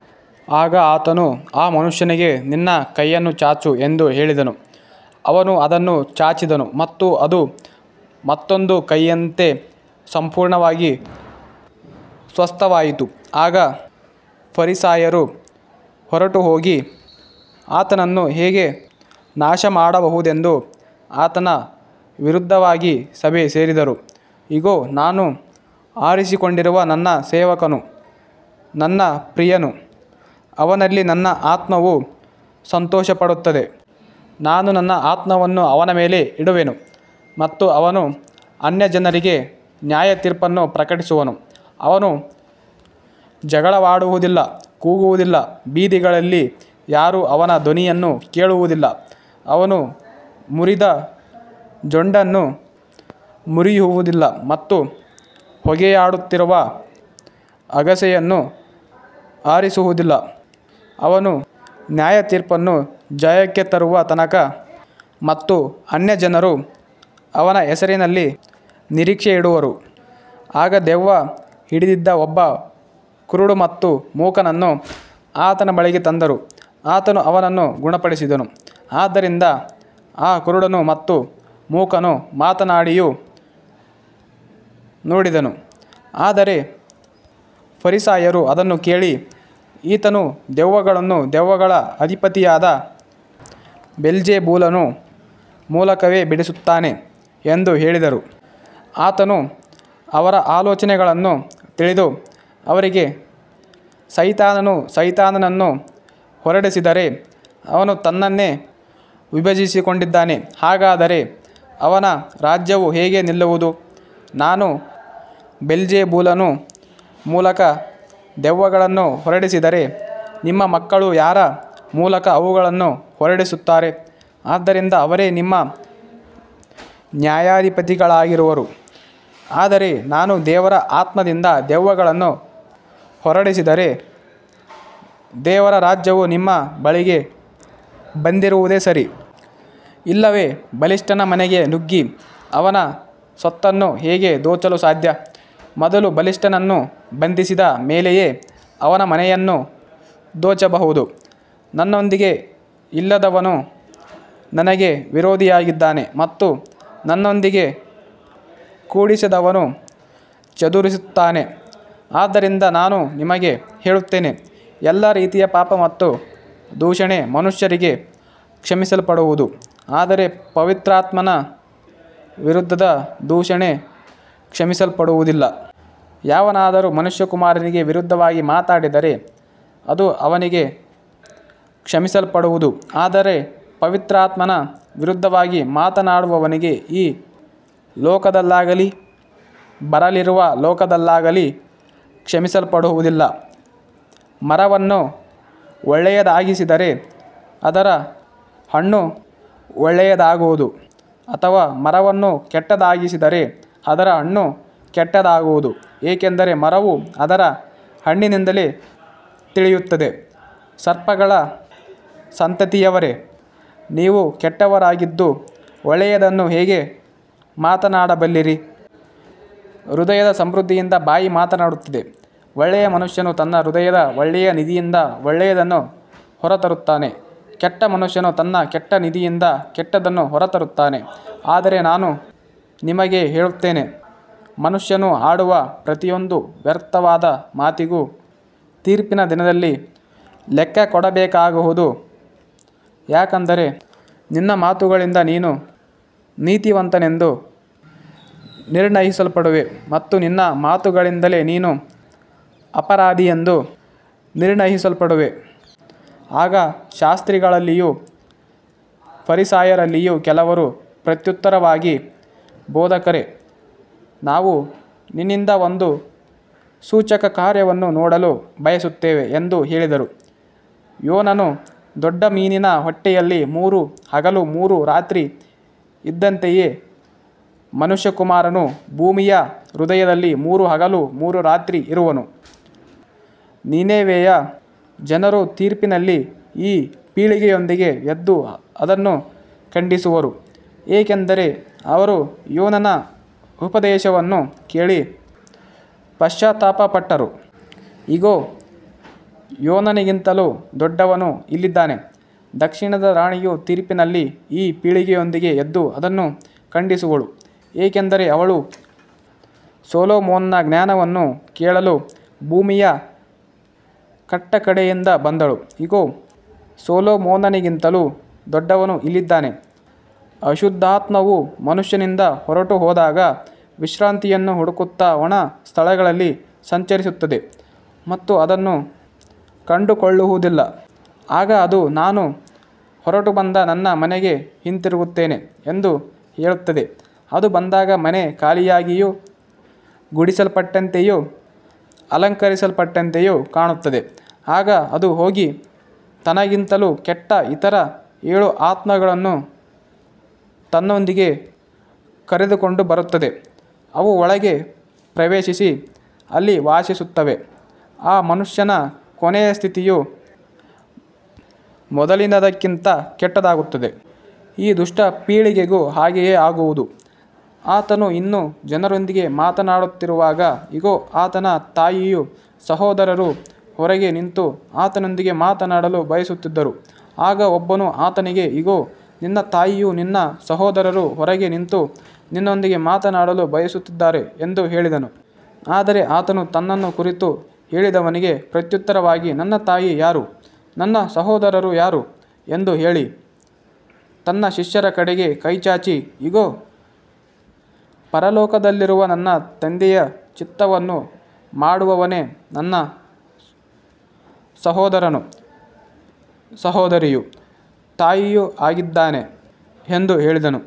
ಆಗ ಆತನು ಆ ಮನುಷ್ಯನಿಗೆ, ನಿನ್ನ ಕೈಯನ್ನು ಚಾಚು ಎಂದು ಹೇಳಿದನು. ಅವನು ಅದನ್ನು ಚಾಚಿದನು ಮತ್ತು ಅದು ಮತ್ತೊಂದು ಕೈಯಂತೆ ಸಂಪೂರ್ಣವಾಗಿ ಸ್ವಸ್ಥವಾಯಿತು. ಆಗ ಫರಿಸಾಯರು ಹೊರಟುಹೋಗಿ, ಆತನನ್ನು ಹೇಗೆ ನಾಶಮಾಡಬಹುದೆಂದು ಆತನ ವಿರುದ್ಧವಾಗಿ ಸಭೆ ಸೇರಿದರು. ಇಗೋ, ನಾನು ಆರಿಸಿಕೊಂಡಿರುವ ನನ್ನ ಸೇವಕನು, ನನ್ನ ಪ್ರಿಯನು, ಅವನಲ್ಲಿ ನನ್ನ ಆತ್ಮವು ಸಂತೋಷಪಡುತ್ತದೆ. ನಾನು ನನ್ನ ಆತ್ಮವನ್ನು ಅವನ ಮೇಲೆ ಇಡುವೆನು ಮತ್ತು ಅವನು ಅನ್ಯಜನರಿಗೆ ನ್ಯಾಯತೀರ್ಪನ್ನು ಪ್ರಕಟಿಸುವನು. ಅವನು ಜಗಳವಾಡುವುದಿಲ್ಲ, ಕೂಗುವುದಿಲ್ಲ, ಬೀದಿಗಳಲ್ಲಿ ಯಾರೂ ಅವನ ಧ್ವನಿಯನ್ನು ಕೇಳುವುದಿಲ್ಲ. ಅವನು ಮುರಿದ ಜೊಂಡನ್ನು ಮುರಿಯುವುದಿಲ್ಲ ಮತ್ತು ಹೊಗೆಯಾಡುತ್ತಿರುವ ಅಗಸೆಯನ್ನು ಆರಿಸುವುದಿಲ್ಲ, ಅವನು ನ್ಯಾಯತೀರ್ಪನ್ನು ಜಯಕ್ಕೆ ತರುವ ತನಕ. ಮತ್ತು ಅನ್ಯಜನರು ಅವನ ಹೆಸರಿನಲ್ಲಿ ನಿರೀಕ್ಷೆಯಿಡುವರು. ಆಗ ದೆವ್ವ ಹಿಡಿದಿದ್ದ ಒಬ್ಬ ಕುರುಡ ಮತ್ತು ಮೂಕನನ್ನು ಆತನ ಬಳಿಗೆ ತಂದರು. ಆತನು ಅವನನ್ನು ಗುಣಪಡಿಸಿದನು, ಆದ್ದರಿಂದ ಆ ಕುರುಡನು ಮತ್ತು ಮೂಕನು ಮಾತನಾಡಿಯೂ ನೋಡಿದನು. ಆದರೆ ಫರಿಸಾಯರು ಅದನ್ನು ಕೇಳಿ, ಈತನು ದೆವ್ವಗಳನ್ನು ದೆವ್ವಗಳ ಅಧಿಪತಿಯಾದ ಬೆಲ್ಜೆಬೂಲನು ಮೂಲಕವೇ ಬಿಡಿಸುತ್ತಾನೆ ಎಂದು ಹೇಳಿದರು. ಆತನು ಅವರ ಆಲೋಚನೆಗಳನ್ನು ತಿಳಿದು ಅವರಿಗೆ, ಸೈತಾನನು ಸೈತಾನನನ್ನು ಹೊರಡಿಸಿದರೆ ಅವನು ತನ್ನನ್ನೇ ವಿಭಜಿಸಿಕೊಂಡಿದ್ದಾನೆ, ಹಾಗಾದರೆ ಅವನ ರಾಜ್ಯವು ಹೇಗೆ ನಿಲ್ಲುವುದು? ನಾನು ಬೆಲ್ಜೆಬೂಲನು ಮೂಲಕ ದೆವ್ವಗಳನ್ನು ಹೊರಡಿಸಿದರೆ ನಿಮ್ಮ ಮಕ್ಕಳು ಯಾರ ಮೂಲಕ ಅವುಗಳನ್ನು ಹೊರಡಿಸುತ್ತಾರೆ? ಆದ್ದರಿಂದ ಅವರೇ ನಿಮ್ಮ ನ್ಯಾಯಾಧಿಪತಿಗಳಾಗಿರುವರು. ಆದರೆ ನಾನು ದೇವರ ಆತ್ಮದಿಂದ ದೆವ್ವಗಳನ್ನು ಹೊರಡಿಸಿದರೆ, ದೇವರ ರಾಜ್ಯವು ನಿಮ್ಮ ಬಳಿಗೆ ಬಂದಿರುವುದೇ ಸರಿ. ಇಲ್ಲವೆ ಬಲಿಷ್ಠನ ಮನೆಗೆ ನುಗ್ಗಿ ಅವನ ಸೊತ್ತನ್ನು ಹೇಗೆ ದೋಚಲು ಸಾಧ್ಯ? ಮೊದಲು ಬಲಿಷ್ಠನನ್ನು ಬಂಧಿಸಿದ ಮೇಲೆಯೇ ಅವನ ಮನೆಯನ್ನು ದೋಚಬಹುದು. ನನ್ನೊಂದಿಗೆ ಇಲ್ಲದವನು ನನಗೆ ವಿರೋಧಿಯಾಗಿದ್ದಾನೆ ಮತ್ತು ನನ್ನೊಂದಿಗೆ ಕೂಡಿಸದವನು ಚದುರಿಸುತ್ತಾನೆ. ಆದ್ದರಿಂದ ನಾನು ನಿಮಗೆ ಹೇಳುತ್ತೇನೆ, ಎಲ್ಲಾ ರೀತಿಯ ಪಾಪ ಮತ್ತು ದೂಷಣೆ ಮನುಷ್ಯರಿಗೆ ಕ್ಷಮಿಸಲ್ಪಡುವುದು, ಆದರೆ ಪವಿತ್ರಾತ್ಮನ ವಿರುದ್ಧದ ದೂಷಣೆ ಕ್ಷಮಿಸಲ್ಪಡುವುದಿಲ್ಲ. ಯಾವನಾದರೂ ಮನುಷ್ಯಕುಮಾರನಿಗೆ ವಿರುದ್ಧವಾಗಿ ಮಾತಾಡಿದರೆ ಅದು ಅವನಿಗೆ ಕ್ಷಮಿಸಲ್ಪಡುವುದು, ಆದರೆ ಪವಿತ್ರಾತ್ಮನ ವಿರುದ್ಧವಾಗಿ ಮಾತಾಡುವವನಿಗೆ ಈ ಲೋಕದಲ್ಲಾಗಲಿ ಬರಲಿರುವ ಲೋಕದಲ್ಲಾಗಲಿ ಕ್ಷಮಿಸಲ್ಪಡುವುದಿಲ್ಲ. ಮರವನ್ನು ಒಳ್ಳೆಯದಾಗಿಸಿದರೆ ಅದರ ಹಣ್ಣೂ ಒಳ್ಳೆಯದಾಗುವುದು, ಅಥವಾ ಮರವನ್ನು ಕೆಟ್ಟದಾಗಿಸಿದರೆ ಅದರ ಹಣ್ಣೂ ಕೆಟ್ಟದಾಗುವುದು, ಏಕೆಂದರೆ ಮರವು ಅದರ ಹಣ್ಣಿನಿಂದಲೇ ತಿಳಿಯುತ್ತದೆ. ಸರ್ಪಗಳ ಸಂತತಿಯವರೇ, ನೀವು ಕೆಟ್ಟವರಾಗಿದ್ದು ಒಳ್ಳೆಯದನ್ನು ಹೇಗೆ ಮಾತನಾಡಬಲ್ಲಿರಿ? ಹೃದಯದ ಸಮೃದ್ಧಿಯಿಂದ ಬಾಯಿ ಮಾತನಾಡುತ್ತದೆ. ಒಳ್ಳೆಯ ಮನುಷ್ಯನು ತನ್ನ ಹೃದಯದ ಒಳ್ಳೆಯ ನಿಧಿಯಿಂದ ಒಳ್ಳೆಯದನ್ನು ಹೊರತರುತ್ತಾನೆ, ಕೆಟ್ಟ ಮನುಷ್ಯನು ತನ್ನ ಕೆಟ್ಟ ನಿಧಿಯಿಂದ ಕೆಟ್ಟದ್ದನ್ನು ಹೊರತರುತ್ತಾನೆ. ಆದರೆ ನಾನು ನಿಮಗೆ ಹೇಳುತ್ತೇನೆ, ಮನುಷ್ಯರು ಆಡುವ ಪ್ರತಿಯೊಂದು ವ್ಯರ್ಥವಾದ ಮಾತಿಗೂ ತೀರ್ಪಿನ ದಿನದಲ್ಲಿ ಲೆಕ್ಕಕೊಡಬೇಕಾಗುವುದು. ಯಾಕಂದರೆ ನಿನ್ನ ಮಾತುಗಳಿಂದ ನೀನು ನೀತಿವಂತನೆಂದು ನಿರ್ಣಯಿಸಲ್ಪಡುವೆ ಮತ್ತು ನಿನ್ನ ಮಾತುಗಳಿಂದಲೇ ನೀನು ಅಪರಾಧಿಯೆಂದು ನಿರ್ಣಯಿಸಲ್ಪಡುವೆ. ಆಗ ಶಾಸ್ತ್ರಿಗಳಲ್ಲಿಯೂ ಫರಿಸಾಯರಲ್ಲಿಯೂ ಕೆಲವರು ಪ್ರತ್ಯುತ್ತರವಾಗಿ, ಬೋಧಕರೇ, ನಾವು ನಿನ್ನಿಂದ ಒಂದು ಸೂಚಕಕಾರ್ಯವನ್ನು ನೋಡಲು ಬಯಸುತ್ತೇವೆ ಎಂದು ಹೇಳಿದರು. ಯೋನನು ದೊಡ್ಡ ಮೀನಿನ ಹೊಟ್ಟೆಯಲ್ಲಿ ಮೂರು ಹಗಲು ಮೂರು ರಾತ್ರಿ ಇದ್ದಂತೆಯೇ ಮನುಷ್ಯಕುಮಾರನು ಭೂಮಿಯ ಹೃದಯದಲ್ಲಿ ಮೂರು ಹಗಲು ಮೂರು ರಾತ್ರಿ ಇರುವನು. ನಿನೆವೆಯ ಜನರು ತೀರ್ಪಿನಲ್ಲಿ ಈ ಪೀಳಿಗೆಯೊಂದಿಗೆ ಎದ್ದು ಅದನ್ನು ಖಂಡಿಸುವರು, ಏಕೆಂದರೆ ಅವರು ಯೋನನ ಉಪದೇಶವನ್ನು ಕೇಳಿ ಪಶ್ಚಾತ್ತಾಪಪಟ್ಟರು. ಇಗೋ, ಯೋನನಿಗಿಂತಲೂ ದೊಡ್ಡವನು ಇಲ್ಲಿದ್ದಾನೆ. ದಕ್ಷಿಣದ ರಾಣಿಯು ತೀರ್ಪಿನಲ್ಲಿ ಈ ಪೀಳಿಗೆಯೊಂದಿಗೆ ಎದ್ದು ಅದನ್ನು ಖಂಡಿಸುವಳು, ಏಕೆಂದರೆ ಅವಳು ಸೊಲೊಮೋನನ ಜ್ಞಾನವನ್ನು ಕೇಳಲು ಭೂಮಿಯ ಕಟ್ಟಕಡೆಯಿಂದ ಬಂದಳು. ಇಗೋ, ಸೊಲೊಮೋನನಿಗಿಂತಲೂ ದೊಡ್ಡವನು ಇಲ್ಲಿದ್ದಾನೆ. ಅಶುದ್ಧಾತ್ಮವು ಮನುಷ್ಯನಿಂದ ಹೊರಟುಹೋದಾಗ, ವಿಶ್ರಾಂತಿಯನ್ನು ಹುಡುಕುತ್ತಾ ಒಣ ಸ್ಥಳಗಳಲ್ಲಿ ಸಂಚರಿಸುತ್ತದೆ ಮತ್ತು ಅದನ್ನು ಕಂಡುಕೊಳ್ಳುವುದಿಲ್ಲ. ಆಗ ಅದು, ನಾನು ಹೊರಟುಬಂದ ನನ್ನ ಮನೆಗೆ ಹಿಂತಿರುಗುತ್ತೇನೆ ಎಂದು ಹೇಳುತ್ತದೆ. ಅದು ಬಂದಾಗ ಮನೆ ಖಾಲಿಯಾಗಿಯೂ ಗುಡಿಸಲ್ಪಟ್ಟಂತೆಯೂ ಅಲಂಕರಿಸಲ್ಪಟ್ಟಂತೆಯೂ ಕಾಣುತ್ತದೆ. ಆಗ ಅದು ಹೋಗಿ, ತನಗಿಂತಲೂ ಕೆಟ್ಟ ಇತರ ಏಳು ಆತ್ಮಗಳನ್ನು ತನ್ನೊಂದಿಗೆ ಕರೆದುಕೊಂಡು ಬರುತ್ತದೆ. ಅವು ಒಳಗೆ ಪ್ರವೇಶಿಸಿ ಅಲ್ಲಿ ವಾಸಿಸುತ್ತವೆ. ಆ ಮನುಷ್ಯನ ಕೊನೆಯ ಸ್ಥಿತಿಯು ಮೊದಲಿನದಕ್ಕಿಂತ ಕೆಟ್ಟದಾಗುತ್ತದೆ. ಈ ದುಷ್ಟ ಪೀಳಿಗೆಗೂ ಹಾಗೆಯೇ ಆಗುವುದು. ಆತನು ಇನ್ನೂ ಜನರೊಂದಿಗೆ ಮಾತನಾಡುತ್ತಿರುವಾಗ, ಇಗೋ, ಆತನ ತಾಯಿಯೂ ಸಹೋದರರೂ ಹೊರಗೆ ನಿಂತು ಆತನೊಂದಿಗೆ ಮಾತನಾಡಲು ಬಯಸುತ್ತಿದ್ದರು. ಆಗ ಒಬ್ಬನು ಆತನಿಗೆ, ಇಗೋ, ನಿನ್ನ ತಾಯಿಯೂ ನಿನ್ನ ಸಹೋದರರೂ ಹೊರಗೆ ನಿಂತು ನಿನ್ನೊಂದಿಗೆ ಮಾತನಾಡಲು ಬಯಸುತ್ತಿದ್ದಾರೆ ಎಂದು ಹೇಳಿದನು. ಆದರೆ ಆತನು ತನ್ನನ್ನು ಕುರಿತು ಹೇಳಿದವನಿಗೆ ಪ್ರತ್ಯುತ್ತರವಾಗಿ, ನನ್ನ ತಾಯಿ ಯಾರು? ನನ್ನ ಸಹೋದರರು ಯಾರು? ಎಂದು ಹೇಳಿ, ತನ್ನ ಶಿಷ್ಯರ ಕಡೆಗೆ ಕೈಚಾಚಿ, ಇಗೋ, ಪರಲೋಕದಲ್ಲಿರುವ ನನ್ನ ತಂದೆಯ ಚಿತ್ತವನ್ನು ಮಾಡುವವನೇ ನನ್ನ ಸಹೋದರನೂ ಸಹೋದರಿಯೂ ತಾಯಿಯೂ ಆಗಿದ್ದಾನೆ ಎಂದು ಹೇಳಿದನು.